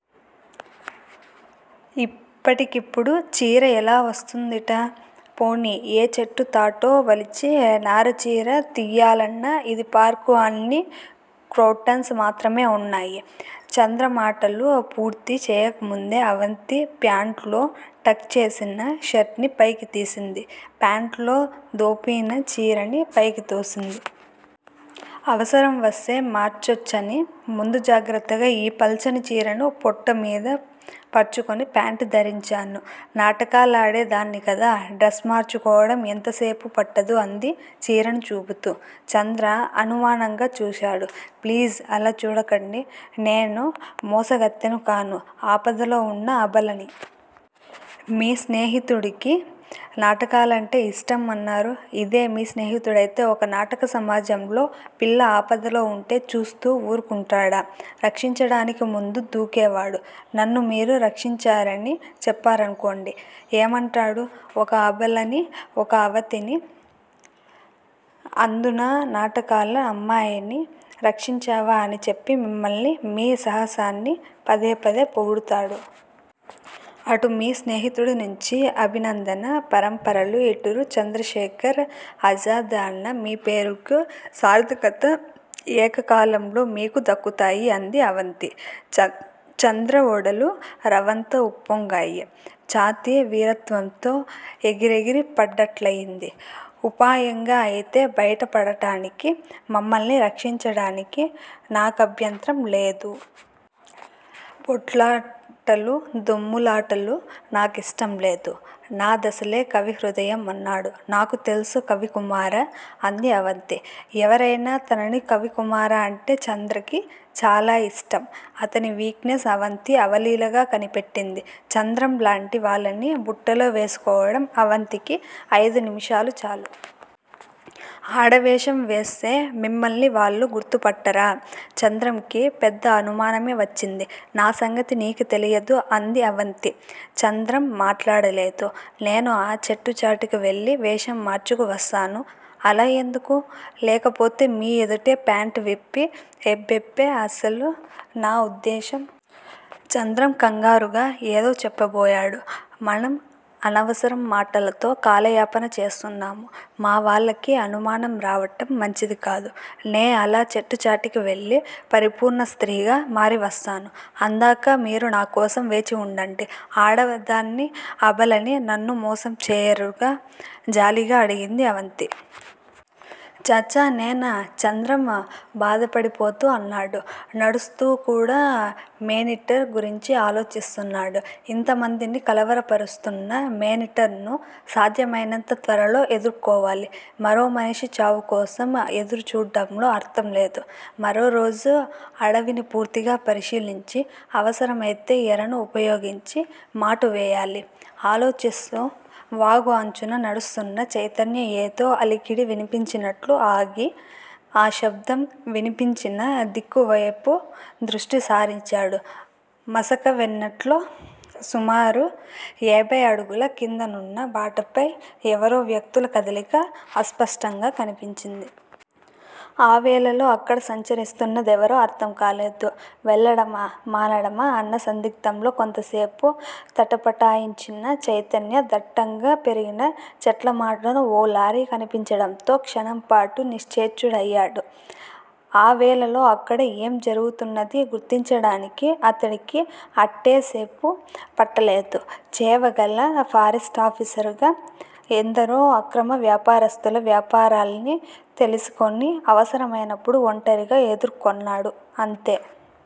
ఇప్పటికిప్పుడు చీర ఎలా వస్తూందిట? పోనీ ఏ చెట్టు తాటో వలిచి నార చీర తియ్యాలన్నా ఇది పార్కు అన్నీ క్రోటన్స్ మాత్రమే వున్నాయి. చంద్ర మాటలు పూర్తి చేయకముందే అవంతి ప్యాంట్ లో టక్ చేసిన షర్ట్ ని పైకి తీసింది. ప్యాంటులో దోపిన చీరని పైకి తోసింది. అవసరం వస్తే మార్చొచ్చని ముందు జాగ్రత్తగా ఈ పల్చని చీరని పొట్టమీద పర్చుకొని ప్యాంటు ధరించాను. నాటకాలాడే దాన్ని కదా! డ్రస్ మార్చుకోవటం ఎంతోసేపు పట్టదు అంది చీరని చూపుతూ. చంద్ర అనుమానంగా చూశాడు. ప్లీజ్ అలా చూడకండి. నేను మోసగత్తెను కాను. ఆపదలో వున్న అబలని. మీ స్నేహితుడికి నాటకాలంటే యిష్టం అన్నారు. ఇదే మీ స్నేహితుడైతే ఒక నాటక సమాజంలో పిల్ల ఆపదలో వుంటే చూస్తూ వూరుకుంటాడా? రక్షించటానికి ముందుకు దూకేవాడు, నన్నుమీరు రక్షించారని చెప్పారనుకోండి. ఏమంటాడు? ఒక అబలని ఒక అతివని అందునా నాటకాల అమ్మాయిని రక్షించావా అని చెప్పి మిమ్మల్ని మీ సాహసాన్ని పదే పదే పొగుడుతాడు. అటు మీ స్నేహితుడి నుంచి అభినందన పరంపరలు ఇటు చంద్రశేఖర ఆజాద్ అన్న మీ పేరుకి సార్ధకత ఏకకాలంలో మీకు దక్కుతాయి అంది అవంతి. చంద్ర ఒడలు రవంత ఉప్పొంగాయి. ఛాతీ వీరత్వంతో ఎగిరెగిరి పడ్డట్లయింది. ఉపాయంగా అయితే బైట పడటానికి మమ్మల్ని రక్షించటానికి నాకభ్యంతరం లేదు. పోట్లాటలు దొమ్ములాటలు నా కిష్టం లేదు. నా దసలే కవి హృదయం అన్నాడు. నాకు తెలుసు కవికుమారా అంది అవంతి. ఎవరైనా తనని కవికుమారా అంటే చంద్రంకి చాలా యిష్టం. అతని వీక్ నెస్ అవంతి అవలీలగా కనిపెట్టింది. చంద్రంలాంటి వాళ్ళని బుట్టలో వేసుకోడం అవంతికి అయిదు నిమిషాలు చాలు. ఆడవేషం వేస్తే మిమ్మల్ని వాళ్ళు గుర్తుపట్టరా? చంద్రంకి పెద్ద అనుమానమే వచ్చింది. నా సంగతి నీకు తెలియదు అంది అవంతి. చంద్రం మాట్లాడలేదు. నేను ఆ చెట్టుచాటుకి వెళ్ళి వేషం మార్చుకు వస్తాను. అలా ఎందుకు? లేకపోతే మీ ఎదుటే ప్యాంటు విప్పి ఎబ్బెబ్బెబ్బె అసలు నా వుద్దేశ్యం! చంద్రం కంగారుగా ఏదో చెప్పబోయాడు. మనం అనవసరం మాటలతో కాలయాపన చేస్తున్నాము. మా వాళ్ళకి అనుమానం రావటం మంచిదికాదు. నే అలా చెట్టుచాటుకి వెళ్ళి పరిపూర్ణ స్త్రీగా మారి వస్తాను. అందాకా మీరు నాకోసం వేచి వుండండి. ఆడదాన్ని అబలని నన్ను మోసం చేయరుగా? జాలిగా అడిగింది అవంతి. ఛా ఛా నేనా! చంద్రం బాధపడిపోతూ అన్నాడు. నడుస్తూకూడా మేనీటర్ గురించి ఆలోచిస్తున్నాడు. ఇంతమందిని కలవర పరుస్తున్న మేనీటర్ ను సాధ్యమయినంత త్వరలో ఎదుర్కోవాలి. మరో మనిషి చావుకోసం ఎదురుచూడ్డంలో అర్ధంలేదు. మరోరోజు అడవిని పూర్తిగా పరిశీలించి, అవసరమయితే ఎరను ఉపయోగించి మాటు వేయాలి. ఆలోచిస్తూ వాగు అంచున నడుస్తున్న చైతన్య ఏదో అలికిడి వినిపించినట్లయి ఆగి, ఆ శబ్దం వినిపించిన దిక్కువేపు దృష్టి సారించాడు మసక వెన్నెట్లో సుమారు ఏభై అడుగుల కిందనున్న బాటపై యెవరో వ్యక్తుల కదలిక అస్పష్టంగా కనిపించింది. ఆ వేళలో అక్కడ సంచరిస్తున్న దెవరో అర్ధం కాలేదు. వెళ్ళడమా, మానడమా అన్న సందిగ్ధంలో కొంతసేపు తటపటాయించిన చైతన్య దట్టంగా పెరిగిన చెట్లమాటున ఓ లారీ కనిపించటంతో క్షణంపాటు నిశ్చేష్టుడయ్యాడు. ఆ వేళలో అక్కడ ఏం జరుగుతున్నదీ గుర్తించడానికి అతడికి అట్టేసేపు పట్టలేదు. చేవగల ఫారెస్టాఫీసరుగా ఎందరో అక్రమ వ్యాపారస్తుల వ్యవహారాల్ని తెలిసికొని అవసరమైనప్పుడు ఒంటరిగానే ఎదుర్కొన్నాడు. అంతే